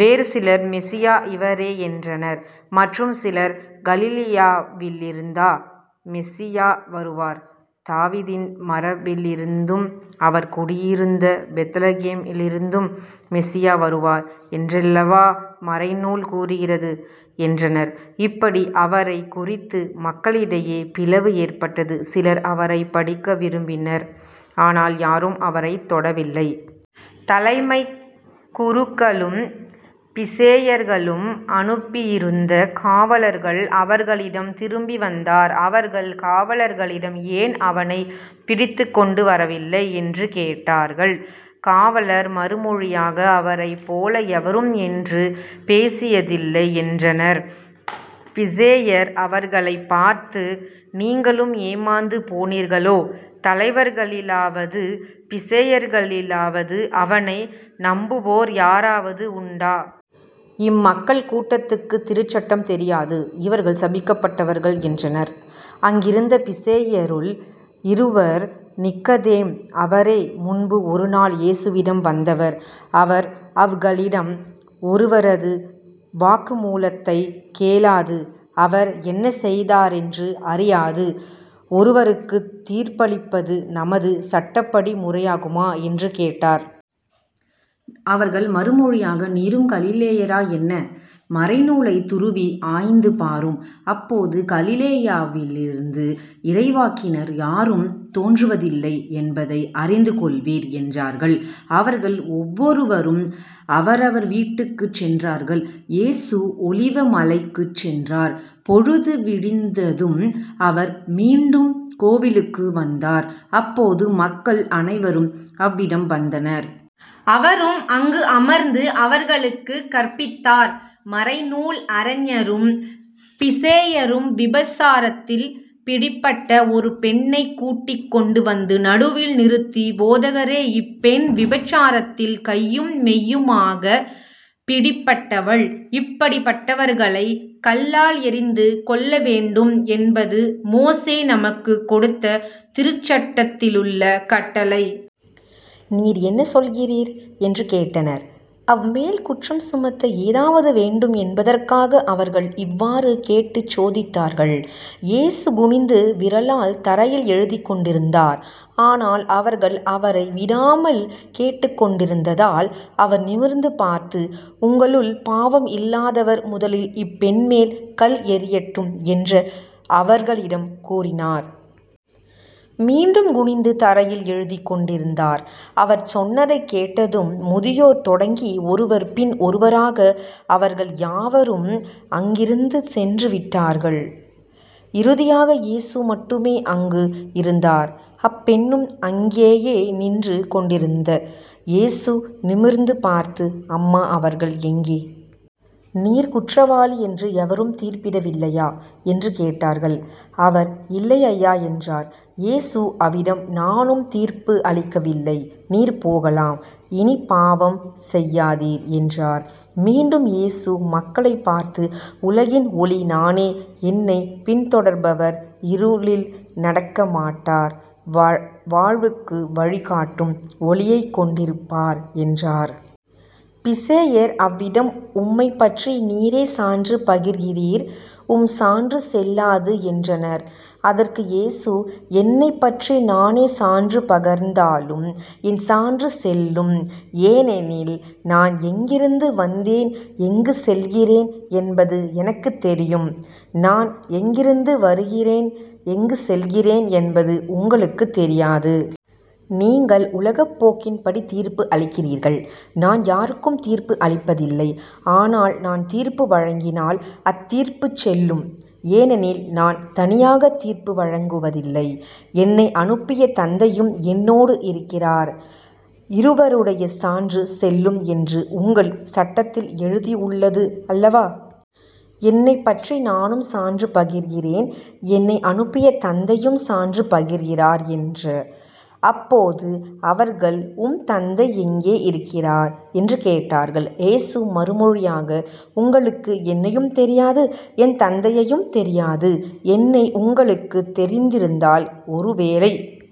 வேறு சிலர் மெசியா இவரே என்றனர். மற்றும் சிலர் கலிலேயாவிலிருந்தா மெசியா வருவார்? தாவீதின் மரபிலிருந்தும் அவர் குடியிருந்த பெத்லகேம் இலிருந்தும் மெசியா வருவார் என்றல்லவா மறைநூல் கூறுகிறது? என்றனர். இப்படி அவரைக் குறித்து மக்களிடையே பிளவு ஏற்பட்டது. சிலர் அவரைப் படிக்க விரும்பினர். ஆனால் யாரும் அவரைத் தொடவில்லை. தலைமைக் குருக்களும் பிசேயர்களும் அனுப்பியிருந்த காவலர்கள் அவர்களிடம் திரும்பி வந்தார். அவர்கள் காவலர்களிடம் ஏன் அவனைப் பிடித்துக்கொண்டு வரவில்லை? என்று கேட்டார்கள். காவலர் மறுமொழியாக அவரைப் போல எவரும் என்று பேசியதில்லை என்றனர். பிசேயர் அவர்களைப் பார்த்து நீங்களும் ஏமாந்து போனீர்களோ? தலைவர்களிலாவது பிசேயர்களிலாவது அவனை நம்புவோர் யாராவது உண்டா? இம்மக்கள் கூட்டத்துக்குத் திருச்சட்டம் தெரியாது. இவர்கள் சபிக்கப்பட்டவர்கள் என்றனர். அங்கிருந்த பிசேயருள் ஒருவர் நிக்கதேம். அவரே முன்பு ஒரு நாள் இயேசுவிடம் வந்தவர். அவர் அவ்களிடம் ஒருவரது வாக்குமுலத்தைக் கேளாது அவர் என்ன செய்தாரென்று அறியாது ஒருவருக்குத் தீர்ப்பளிப்பது நமது சட்டப்படி முறையாகுமா? என்று கேட்டார். அவர்கள் மறுமொழியாக நீரும் கலிலேயரா என்ன? மறைநூலைத் துருவி ஆய்ந்து பாரும். அப்போது கலிலேயாவிலிருந்து இறைவாக்கினர் யாரும் தோன்றுவதில்லை என்பதை அறிந்துகொள்வீர் என்றார்கள். அவர்கள் ஒவ்வொருவரும் அவரவர் வீட்டுக்குச் சென்றார்கள். இயேசு ஒலிவ மலைக்குச் சென்றார். பொழுது விடிந்ததும் அவர் மீண்டும் கோவிலுக்கு வந்தார். அப்போது மக்கள் அனைவரும் அவ்விடம் வந்தனர். அவரும் அங்கு அமர்ந்து அவர்களுக்குக் கற்பித்தார். மறைநூல் அறஞரும் பிசேயரும் விபசாரத்தில் பிடிபட்ட ஒரு பெண்ணைக் கூட்டிக் கொண்டு வந்து நடுவில் நிறுத்தி போதகரே இப்பெண் விபச்சாரத்தில் கையும் மெய்யுமாகப் பிடிப்பட்டவள். இப்படிப்பட்டவர்களைக் கல்லால் எறிந்து கொல்ல வேண்டும் என்பது மோசே நமக்குக் கொடுத்த திருச்சட்டத்திலுள்ள கட்டளை. நீர் என்ன சொல்கிறீர்? என்று கேட்டனர். அவ்மேல் குற்றம் சுமத்த ஏதாவது வேண்டும் என்பதற்காக அவர்கள் இவ்வாறு கேட்டுச் சோதித்தார்கள். இயேசு குனிந்து விரலால் தரையில் எழுதிக்கொண்டிருந்தார். ஆனால் அவர்கள் அவரை விடாமல் கேட்டுக்கொண்டிருந்ததால் அவர் நிமிர்ந்து பார்த்து உங்களுள் பாவம் இல்லாதவர் முதலில் இப்பெண்மேல் கல் எறியட்டும் என்ற அவர்களிடம் கூறினார். மீண்டும் குனிந்து தரையில் எழுதிக் கொண்டிருந்தார். அவர் சொன்னதைக் கேட்டதும் முதியோர் தொடங்கி ஒருவர் பின் ஒருவராக அவர்கள் யாவரும் அங்கிருந்து சென்று விட்டார்கள். இறுதியாக இயேசு மட்டுமே அங்கு இருந்தார். அப்பெண்ணும் அங்கேயே நின்று கொண்டிருந்த். இயேசு நிமிர்ந்து பார்த்து அம்மா அவர்கள் எங்கே? நீர் குற்றவாளி என்று எவரும் தீர்ப்பிடவில்லையா? என்று கேட்டார்கள். அவர் இல்லை ஐயா என்றார். இயேசு அவிடம்"நானும் தீர்ப்பு அளிக்கவில்லை. நீர் போகலாம். இனிப் பாவம் செய்யாதீர்" என்றார். மீண்டும் இயேசு மக்களைப் பார்த்து"உலகின் ஒளி நானே என்னைப் பின்தொடர்பவர் இருளில் நடக்கமாட்டார் வாழ்வுக்கு வழி காட்டும் ஒளியைக் கொண்டிருப்பார்" என்றார். பிசேயர் அவ்விடம் உம்மைப்பற்றி நீரே சான்று பகர்கிறீர் உம் சான்று செல்லாது என்றனர். அதற்கு இயேசு என்னைப்பற்றி நானே சான்று பகர்ந்தாலும் என் சான்று செல்லும். ஏனெனில் நான் எங்கிருந்து வந்தேன் எங்குச் செல்கிறேன் என்பது எனக்குத் தெரியும். நான் எங்கிருந்து வருகிறேன் எங்குச் செல்கிறேன் என்பது உங்களுக்குத் தெரியாது. நீங்கள் உலகப் போக்கின்படி தீர்ப்பு அளிக்கிறீர்கள். நான் யாருக்கும் தீர்ப்பு அளிப்பதில்லை. ஆனால் நான் தீர்ப்பு வழங்கினால் அத்தீர்ப்புச் செல்லும். ஏனெனில் நான் தனியாகத் தீர்ப்பு வழங்குவதில்லை என்னை அனுப்பிய தந்தையும் என்னோடு இருக்கிறார். இருவருடைய சான்று செல்லும் என்று உங்கள் சட்டத்தில் எழுதியுள்ளது அல்லவா? என்னைப்பற்றி நானும் சான்று பகர்கிறேன் என்னை அனுப்பிய தந்தையும் சான்று பகர்கிறார் என்ற். அப்போது அவர்கள் உம் தந்தை எங்கே இருக்கிறார்? என்று கேட்டார்கள். இயேசு மறுமொழியாக உங்களுக்கு என்னையும் தெரியாது என் தந்தையையும் தெரியாது. என்னை உங்களுக்குத் தெரிந்திருந்தால் ஒருவேளை